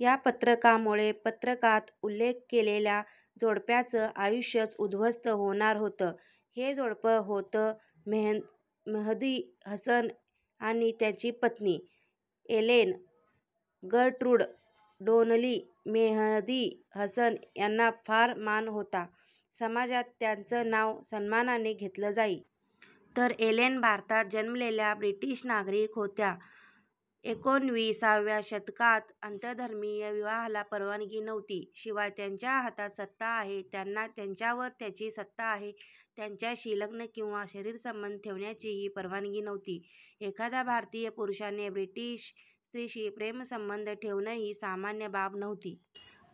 या पत्रकामुळे पत्रकात उल्लेख केलेल्या जोडप्याचं आयुष्यच उद्ध्वस्त होणार होतं. हे जोडपं होतं मेहदी हसन आणि त्यांची पत्नी Ellen Gertrude Donnelly. Mehdi Hasan यांना फार मान होता. समाजात त्यांचं नाव सन्मानाने घेतलं जाई. तर एलेन भारतात जन्मलेल्या ब्रिटिश नागरिक होत्या. एकोणविसाव्या शतकात आंतरधर्मीय विवाहाला परवानगी नव्हती. शिवाय, ज्यांच्या हातात सत्ता आहे त्यांना ज्यांच्यावर त्यांची सत्ता आहे त्यांच्याशी लग्न किंवा शरीरसंबंध ठेवण्याचीही परवानगी नव्हती. एखाद्या भारतीय पुरुषाने ब्रिटिश स्त्रिशी प्रेमसंबंध ठेवणंही सामान्य बाब नव्हती.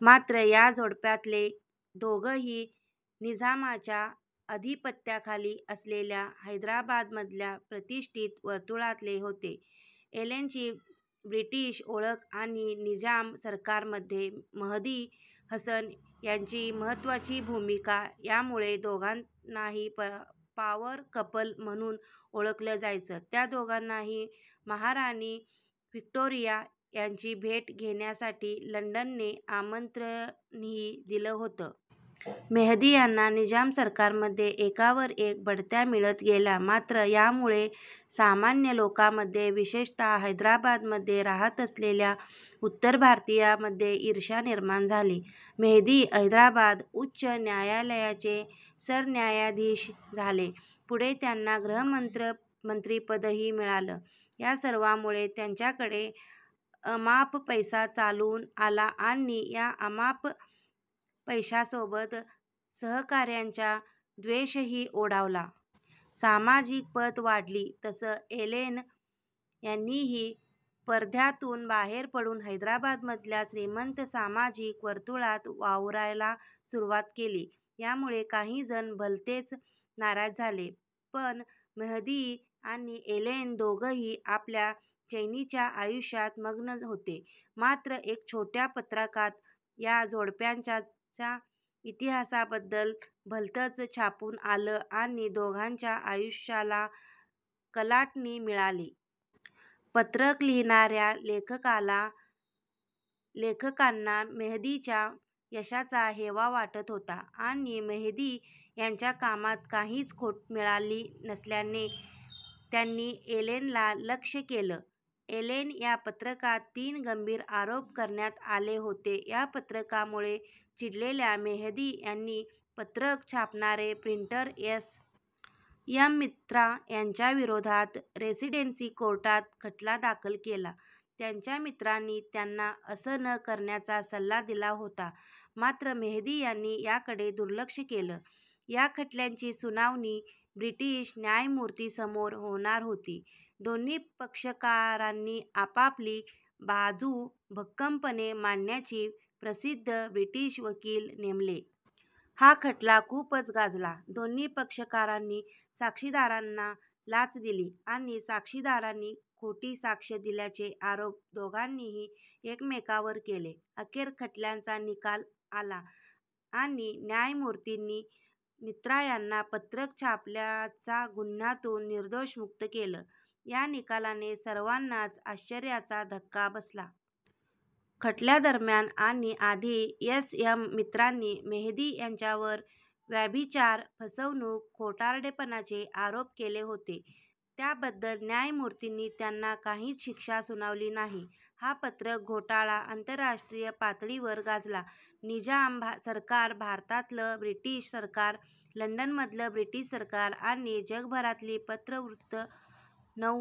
मात्र, या जोडप्यातले दोघंही निझामाच्या अधिपत्याखाली असलेल्या हैदराबादमधल्या प्रतिष्ठित वर्तुळातले होते. एलेनची ब्रिटिश ओळख आणि निजाम सरकारमध्ये मेहदी हसन यांची महत्त्वाची भूमिका यामुळे दोघांनाही 'पावर कपल' म्हणून ओळखलं जायचं. त्या दोघांनाही महाराणी व्हिक्टोरिया यांची भेट घेण्यासाठी लंडनने आमंत्रणही दिलं होतं. मेहदी यांना निजाम सरकारमध्ये एकावर एक बढत्या मिळत गेल्या मात्र, यामुळे सामान्य लोकांमध्ये विशेषतः हैदराबादमध्ये राहत असलेल्या उत्तर भारतीयांमध्ये ईर्ष्या निर्माण झाली. मेहदी हैदराबाद उच्च न्यायालयाचे सरन्यायाधीश झाले. पुढे त्यांना गृहमंत्रीपदही मिळालं. या सर्वांमुळे त्यांच्याकडे अमाप पैसा चालून आला आणि या अमाप पैशासोबतच सहकाऱ्यांचा द्वेषही ओढावला. सामाजिक पत वाढली तसं एलेन यांनीही परद्यातून बाहेर पडून हैदराबादमधल्या श्रीमंत सामाजिक वर्तुळात वावरायला सुरुवात केली. यामुळे काही जण भलतेच नाराज झाले. पण, मेहदी आणि एलेन दोघंही आपल्या चैनीच्या आयुष्यात मग्न होते. मात्र, एका छोट्या पत्रकात या जोडप्याच्या इतिहासाबद्दल भलतच छापून आलं आणि दोघांच्या आयुष्याला कलाटणी मिळाली. पत्रक लिहिणाऱ्या लेखकाला ेखकांना मेहदीच्या यशाचा हेवा वाटत होता आणि मेहदी यांच्या कामात काहीच खोट मिळाली नसल्याने त्यांनी एलेनला लक्ष्य केलं. एलेन या पत्रकात तीन गंभीर आरोप करण्यात आले होते. या पत्रकामुळे चिडलेल्या मेहदी यांनी पत्रक छापणारे प्रिंटर एस. एम. मित्रा यांच्याविरोधात रेसिडेन्सी कोर्टात खटला दाखल केला. त्यांच्या मित्रांनी त्यांना असं न करण्याचा सल्ला दिला होता. मात्र, मेहदी यांनी याकडे दुर्लक्ष केलं. या खटल्याची सुनावणी ब्रिटीश न्यायमूर्तींसमोर होणार होती. दोन्ही पक्षकारांनी आपापली बाजू भक्कमपणे मांडण्यासाठी प्रसिद्ध ब्रिटिश वकील नेमले. हा खटला खूपच गाजला. दोन्ही पक्षकारांनी साक्षीदारांना लाच दिली आणि साक्षीदारांनी खोटी साक्ष दिल्याचे आरोप दोघांनीही एकमेकांवर केले. अखेर खटल्याचा निकाल आला आणि न्यायमूर्तींनी मित्रा यांना पत्रक छापल्याच्या गुन्ह्यातून निर्दोष मुक्त केलं. या निकालाने सर्वांनाच आश्चर्याचा धक्का बसला. खटल्या दरम्यान आणि आधी एस. एम. मित्रांनी मेहदी यांच्यावर व्याभिचार, फसवणूक, खोटारडेपणाचे आरोप केले होते त्याबद्दल न्यायमूर्तींनी त्यांना काहीच शिक्षा सुनावली नाही. हा 'पत्रक घोटाळा' आंतरराष्ट्रीय पातळीवर गाजला. निजाम सरकार, भारतातलं ब्रिटिश सरकार, लंडनमधलं ब्रिटिश सरकार आणि जगभरातली वृत्तपत्रं नऊ